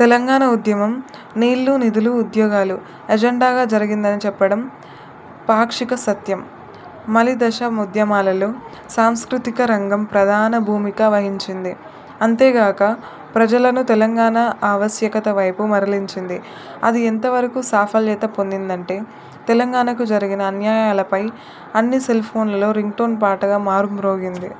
తెలంగాణ ఉద్యమం 'నీళ్లు, నిధులు, ఉద్యోగాలు' ఎజెండాగా జరిగిందని చెప్పడం పాక్షిక సత్యం. మలి దశ ఉద్యమాలలో సాంస్కృతిక రంగం ప్రధాన భూమిక వహించింది. అంతేగాక ప్రజలను తెలంగాణ ఆవశ్యకత వైపు మరలించింది. అది ఎంత వరకు సాఫల్యత పొందిందంటే తెలంగాణకు జరిగిన అన్యాయాలపై అన్ని సెల్ఫోన్లలో రింగ్టోన్ పాటగా మారుమ్రోగింది.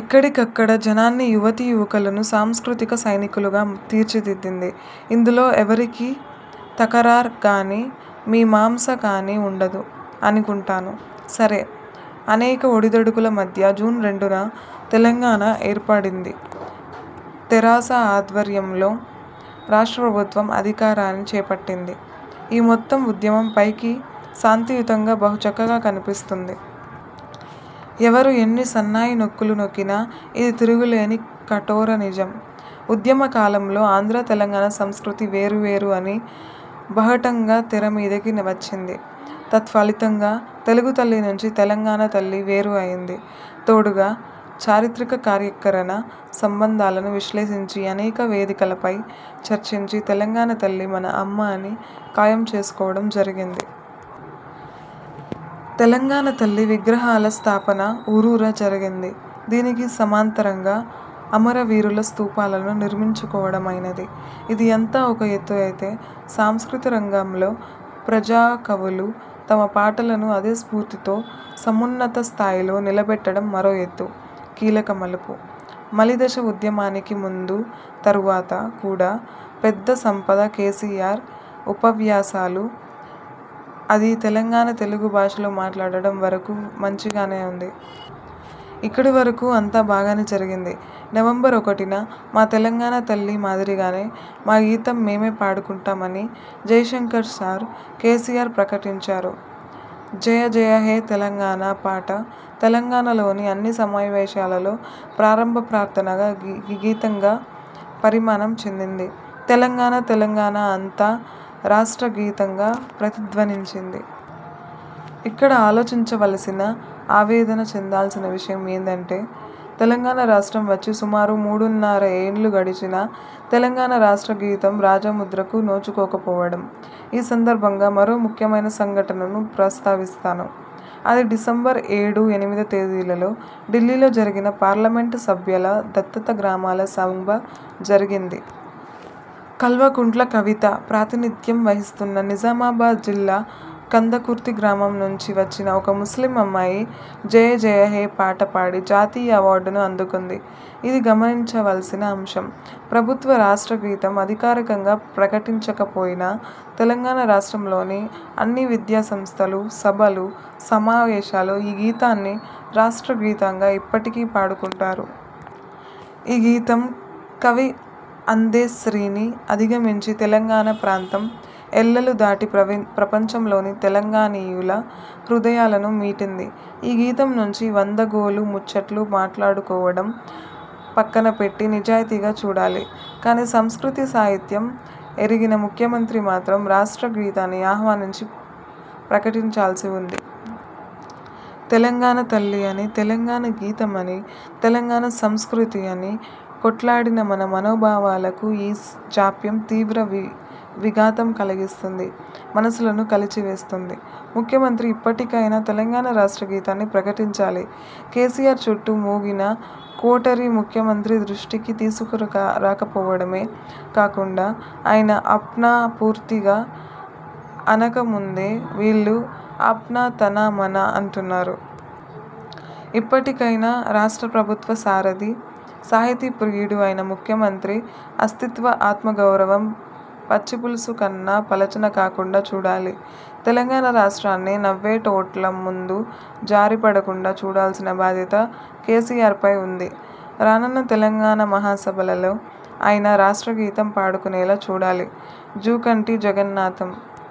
ఎక్కడికక్కడ జనాన్ని యువతీ యువకులను సాంస్కృతిక సైనికులుగా తీర్చిదిద్దింది. ఇందులో ఎవరికీ 'తకరార్' గానీ మీమాంస కానీ వుండదు అనుకుంటాను. సరే! అనేక ఒడిదొడుకుల మధ్య జూన్ రెండున తెలంగాణ ఏర్ప డింది. తెరాస ఆధ్వర్యంలో రాష్ట్ర ప్రభుత్వం అధికారాన్ని చేపట్టింది. ఈ మొత్తం ఉద్యమం పైకి శాంతియుతంగా బహు చక్కగా కనిపిస్తుంది. ఎవరు ఎన్ని సన్నాయి నొక్కులు నొక్కినా ఇది తిరుగులేని కఠోర నిజం. ఉద్యమ కాలంలో ఆంధ్ర -తెలంగాణ సంస్కృతి వేరువేరు అని బాహటంగా తెర మీదికి వచ్చింది. తత్ఫలితంగా తెలుగుతల్లి నుంచి తెలంగాణతల్లి వేరు అయ్యింది. తోడుగా చారిత్రక కార్యాకారణ సంబంధాలను విశ్లేషించి అనేక వేదికలపై చర్చించి తెలంగాణతల్లి మన అమ్మ అని ఖాయం చేసుకోవడం జరిగింది. తెలంగాణ తల్లి విగ్రహాల స్థాపన ఊరూరా జరిగింది. దీనికి సమాంతరంగా అమర వీరుల స్థూపాలను నిర్మించుకోవడమైనది. ఇది అంతా ఒక ఎత్తు అయితే సాంస్కృతిక రంగంలో ప్రజాకవులు తమ పాటలను అదే స్ఫూర్తితో సమున్నత స్థాయిలో నిలబెట్టడం మరో ఎత్తు. కీలక మలుపు. మలిదశ ఉద్యమానికి ముందూ తరువాత కూడా పెద్ద సంపద కేసీఆర్ ఉపవ్యాసాలు; అదీ తెలంగాణ తెలుగు భాషలో మాట్లాడడం వరకు మంచి గానే వుంది. ఇక్కడి వరకు అంతా బాగానే జరిగింది. నవంబర్ ఒకటిన మా తెలంగాణ తల్లి మాదిరిగానే మా గీతం మేమే పాడుకుంటాం అని జయశంకర్ సార్, కేసీఆర్ ప్రకటించారు. 'జయ జయహే తెలంగాణ' పాట తెలంగాణలోని అన్ని సమావేశాలలో ప్రారంభ ప్రార్థనగా గీతంగా పరిమాణం చెందింది. తెలంగాణ తెలంగాణ అంతా రాష్ట్ర గీతంగా ప్రతిధ్వనించింది. ఇక్కడ ఆలోచించవలసిన, ఆవేదన చెందాల్సిన విషయం ఏదంటే తెలంగాణ రాష్ట్రం వచ్చి సుమారు మూడున్నర ఏండ్లు గడిచినా తెలంగాణ రాష్ట్ర గీతం రాజముద్రకు నోచుకోకపోవడం. ఈ సందర్భంగా మరో ముఖ్యమైన సంఘటనను ప్రస్తావిస్తాను. అది డిసెంబర్ ఏడు, ఎనిమిది తేదీలలో ఢిల్లీలో జరిగిన పార్లమెంట్ సభ్యుల దత్తత గ్రామాల సభ జరిగింది. కల్వకుంట్ల కవిత ప్రాతినిధ్యం వహిస్తున్న నిజామాబాద్ జిల్లా కందకుర్తి గ్రామం నుంచి వచ్చిన ఒక ముస్లిం అమ్మాయి 'జయ జయహే' పాట పాడి జాతీయ అవార్డును అందుకుంది. ఇది గమనించవలసిన అంశం. ప్రభుత్వ రాష్ట్ర గీతం అధికారికంగా ప్రకటించకపోయినా తెలంగాణ రాష్ట్రంలోని అన్ని విద్యాసంస్థలు, సభలు, సమావేశాలు ఈ గీతాన్ని రాష్ట్ర గీతంగా ఇప్పటికీ పాడుకుంటున్నారు. ఈ గీతం కవి అందెశ్రీని అధిగమించి తెలంగాణ ప్రాంతం ఎల్లలు దాటి ప్రపంచంలోని తెలంగాణీయుల హృదయాలను మీటింది. ఈ గీతం నుంచి 'వందగోలు' ముచ్చట్లు మాట్లాడుకోవడం పక్కనపెట్టి నిజాయితీగా చూడాలి. కానీ సంస్కృతి సాహిత్యం ఎరిగిన ముఖ్యమంత్రి మాత్రం రాష్ట్ర గీతాన్ని ఆహ్వానించి ప్రకటించాల్సి వుంది. తెలంగాణ తల్లి అని, తెలంగాణ గీతం అని, తెలంగాణ సంస్కృతి అని కొట్లాడిన మన మనోభావాలకు ఈ జాప్యం తీవ్ర విఘాతం కలిగిస్తుంది, మనసులను కలిచివేస్తుంది. ముఖ్యమంత్రి ఇప్పటికైనా తెలంగాణ రాష్ట్ర గీతాన్ని ప్రకటించాలి. కేసీఆర్ చుట్టూ మూగిన 'కోటరీ' ముఖ్యమంత్రి దృష్టికి తీసుకురాకపోవడమే కాకుండా ఆయన 'అప్నా' పూర్తిగా అనక ముందే వీళ్లు 'అప్నా తనా మనా' అంటున్నారు. ఇప్పటికైనా రాష్ట్ర ప్రభుత్వ సారథి, సాహితీ ప్రియుడు అయిన ముఖ్యమంత్రి అస్తిత్వ ఆత్మ గౌరవం పచ్చిపులుసు కన్నా పలుచన కాకుండా చూడాలి. తెలంగాణ రాష్ట్రాన్ని 'నవ్వేటోల్ల ముందు జారిపడకుండా' చూడాల్సిన బాధ్యత కేసీఆర్పై వుంది. రానున్న తెలుగు మహాసభలలో అయినా రాష్ట్రగీతం పాడుకునేలా చూడాలి. జూకంటి జగన్నాథం।